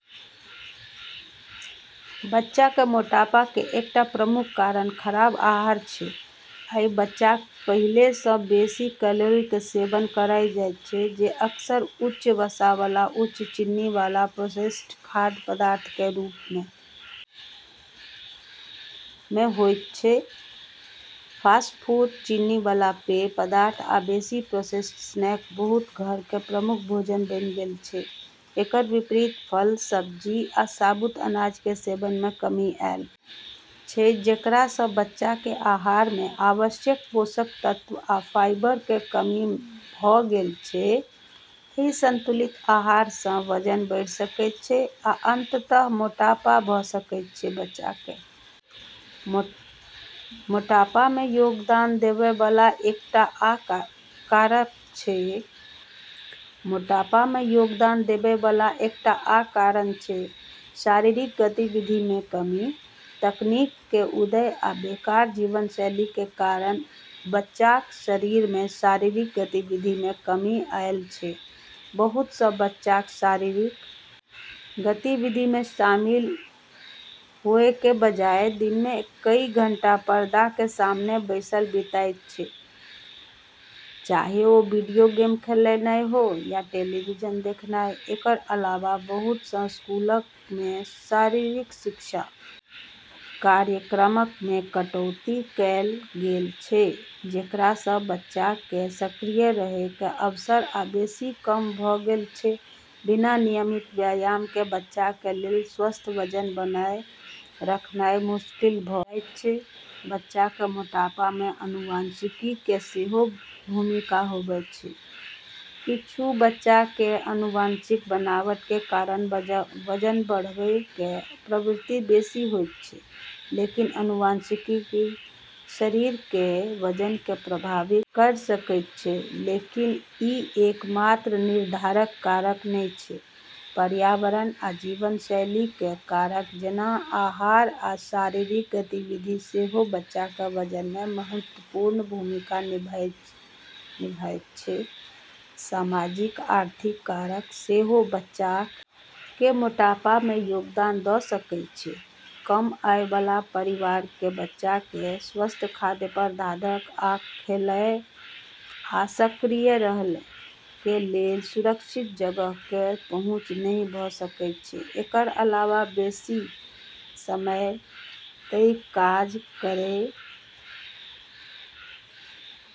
बच्चाक कें मोटापा कें एकटा प्रमुख कारण खराब आहार छै, आइ बच्चाक पहिले सं बेसि कैलोरी कें सेवन करएयत छै जे अक्सर उच्च वसा वाला उच्च चीनी वाला प्रोसेस्ड खाद्य पदार्थक कें रूप मे होयत छै, फास्ट फूड, चीनी वाला पेय पदार्थ आ बेसि प्रोसेस्ड स्नैक्स बहुत घरक मे मुख्य भोजन बनि गेल छै, एकर विपरीत फल, सब्जी आ साबुत अनाज कें सेवन मे कमी आयल छै जेकरा सं बच्चाक कें आहार मे आवश्यक पोषक तत्व आ फाइबर कें कमी भ गेल छै, एहि असंतुलित आहार सं वजन बढ़ि सकैत अछि आ अंततः मोटापा भ सकैत अछि, बच्चाक कें मोटापा मे योगदान देवय वाला एकटा आ कारक छै शारीरिक गतिविधि कें कमी, तकनीक कें उदय आ बेकार जीवनशैली कें कारण बच्चाक मे शारीरिक गतिविधि मे कमी आयल छै, बहुत सं बच्चाक शारीरिक गतिविधि मे शामिल हुए कें बजाय दिन मे कई घंटा पर्दा कें सामने बैसल बिताएयत छै चाहे ओ वीडियो गेम खेलनाय हो या टेलीविजन देखनाय, एकर अलावा बहुत सं स्कूलक मे शारीरिक शिक्षा कार्यक्रमक मे कटौती कैल गेल छै जेकरा सं बच्चाक कें सक्रिय रहय कें अवसर आ बेसि कम भ गेल छै बिना नियमित व्यायाम कें बच्चाक कें लेल स्वस्थ वजन बनाए रखनाय मुश्किल भ जायत छै, बच्चाक कें मोटापा मे आनुवंशिकी कें सेहो भूमिका होयत छै, किच्छू बच्चाक कें आनुवंशिक बनावट कें कारण वजन बढ़एय कें प्रवृत्ति बेसि होयत छै, लेकिन आनुवंशिकी शरीर केरऽ वजन के प्रभावित करी सकै छै, लेकिन ई एकमात्र निर्धारक कारक नै छै, पर्यावरण आ जीवनशैली कें कारक जेना आहार आ शारीरिक गतिविधि सेहो बच्चा कें वजन मे महत्वपूर्ण भूमिका निभायत छै, सामाजिक-आर्थिक कारक सेहो बच्चाक कें मोटापा मे योगदान द सकएय छै, कम आय वाला परिवारक कें बच्चाक कें स्वस्थ खाद्य पदार्थक या खेलएय आ सक्रिय रहएय कें लेल सुरक्षित जगहक कें पहुंच नहि भ सकएय छै, एकर अलावा बेसि समय तइक काज करएय वाला माता-पिता कें पास स्वस्थ भोजन तैयार करएय कें लेल या अपन बच्चाक कें संग शारीरिक गतिविधि करएय कें लेल समय या संसाधन नहि भ सकएय छै।